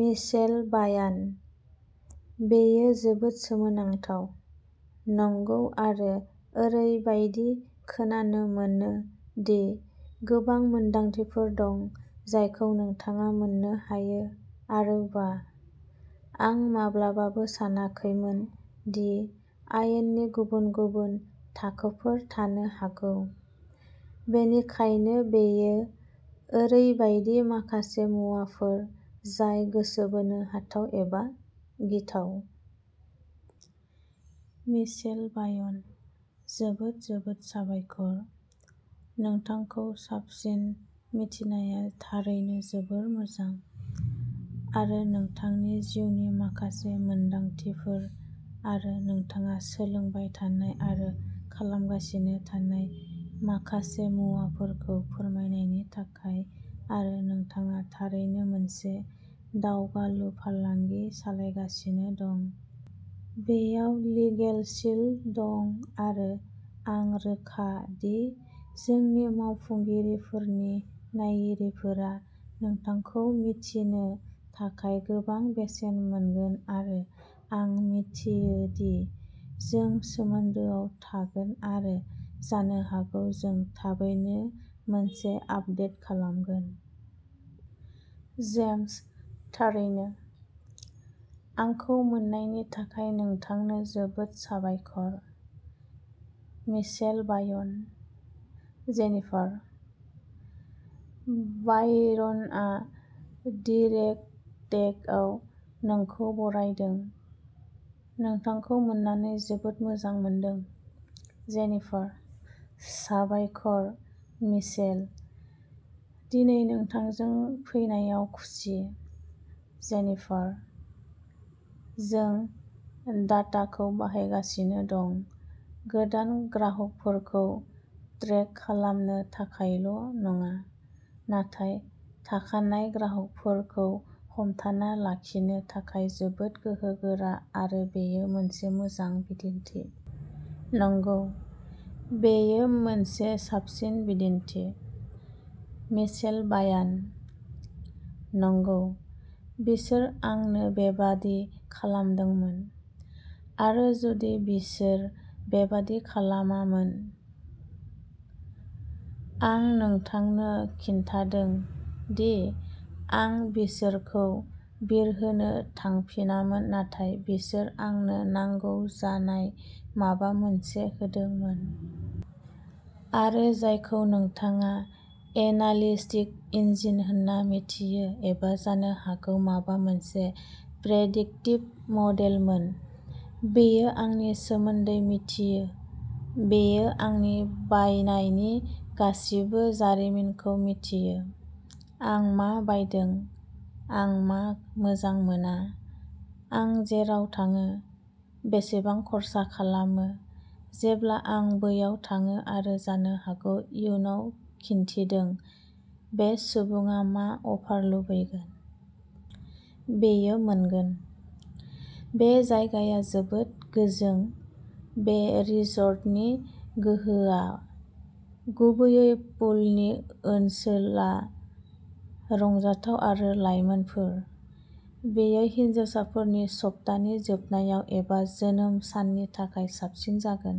Michelle बायानः बेयो जोबोद सोमोनांथाव। नंगौ आरो ओरैबायदि खोनानो मोनो दि गोबां मोनदांथिफोर दं जायखौ नोंथाङा मोननो हायो आरो बाह, आं माब्लाबाबो सानाखैमोन दि आयेननि गुबुन-गुबुन थाखोफोर थानो हागौ। बेनिखायनो बेयो ओरैबायदि माखासे मुवाफोर जाय गोसो बोनो हाथाव एबा गिथाव। मिशेल बायनः जोबोद जोबोद साबायखर। नोंथांखौ साबसिन मिथिनाया थारैनो जोबोद मोजां। आरो नोंथांनि जिउनि माखासे मोनदांथिफोर आरो नोंथाङा सोलोंबाय थानाय आरो खालामगासिनो थानाय माखासे मुवाफोरखौ फोरमायनायनि थाखाय आरो नोंथाङा थारैनो मोनसे दावगालु फालांगि सालायगासिनो दं, बेयाव लिगेलशील्ड दं आरो आं रोखा दि जोंनि मावफुंगिरिफोरनि नायगिरिफोरा नोंथांखौ मिथिनायनि थाखाय गोबां बेसेन मोनगोन आरो आं मिथियो दि जों सोमोन्दोआव थागोन आरो जानो हागौ जों थाबैनो मोनसे आपदेट खालामगोन। जेम्सः थारैनो। आंखौ मोननायनि थाखाय नोंथांनो जोबोद साबायखर। Michelle बायनः Jennifer. बायर्नआ डिरेकटेकआव नोंखौ बरायदों। नोंथांखौ मोननानै जोबोद मोजां मोनदों। जेनिफारः साबायखर, मिशेल। दिनै नोंथांजों फैनायाव खुसि। जेनिफारः जों डाटाखौ बाहायगासिनो दं, गोदान ग्राहकफोरखौ ट्रेक खालामनो थाखायल'नङा, नाथाय थाखानाय ग्राहकफोरखौ हमथाना लाखिनो थाखाय जोबोद गोहोगोरा आरो बेयो मोनसे मोजां बिदिन्थि। नंगौ, बेयो मोनसे साबसिन बिदिन्थि। मिशेल बायानः नंगौ, बिसोर आंनो बेबादि खालामदोंमोन। आरो जुदि बिसोर बेबादि खालामामोन। आं नोंथांनो खिन्थादों दि आं बिसोरखौ बिरहोनो थांफिनामोन नाथाय बिसोर आंनो नांगौ जानाय माबा मोनसे होदोंमोन। आरो जायखौ नोंथाङा एनालिटिक्स इन्जिन होन्ना मिथियो एबा जानो हागौ माबा मोनसे प्रेडिक्टिभ मडेलमोन, बेयो आंनि सोमोन्दै मिथियो, बेयो आंनि बायनायनि गासिबो जारिमिनखौ मिथियो, आं मा बायदों, आं मा मोजां मोना, आं जेराव थाङो, बेसेबां खर्सा खालामो, जेब्ला आं बैयाव थाङो आरो जानो हागौ इयुनाव खिन्थिदों, बे सुबुङा मा अफार लुबैगोन। बेयो मोनगोन। बे जायगाया जोबोद गोजों! बे रिसर्टनि गोहोआ, गुबैयै पुलनि ओनसोला, रंजाथाव आरो लाइमोनफोर। बेयो हिनजावसाफोरनि सप्तानि जोबनायाव एबा जोनोम साननि थाखाय साबसिन जागोन।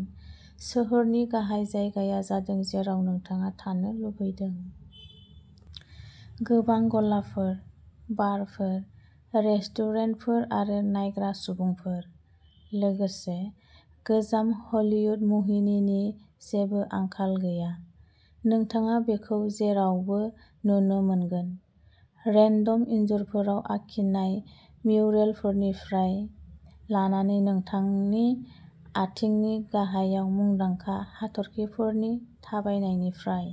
सोहोरनि गाहाय जायगाया जादों जेराव नोंथाङा थानो लुबैदों। गोबां गलाफोर, बारफोर, रेस्टुरेन्टफोर आरो नायग्रा सुबुंफोर। लोगोसे, गोजाम हलीवुड मुहिनिनि जेबो आंखाल गैया! नोंथाङा बेखौ जेरावबो नुनो मोनगोन, रेन्डम इन्जुरफोराव आखिनाय म्युरेलफोरनिफ्राय लानानै नोंथांनि आथिंनि गाहायाव मुंदांखा हाथरखिफोरनि थाबायनायनिफ्राय।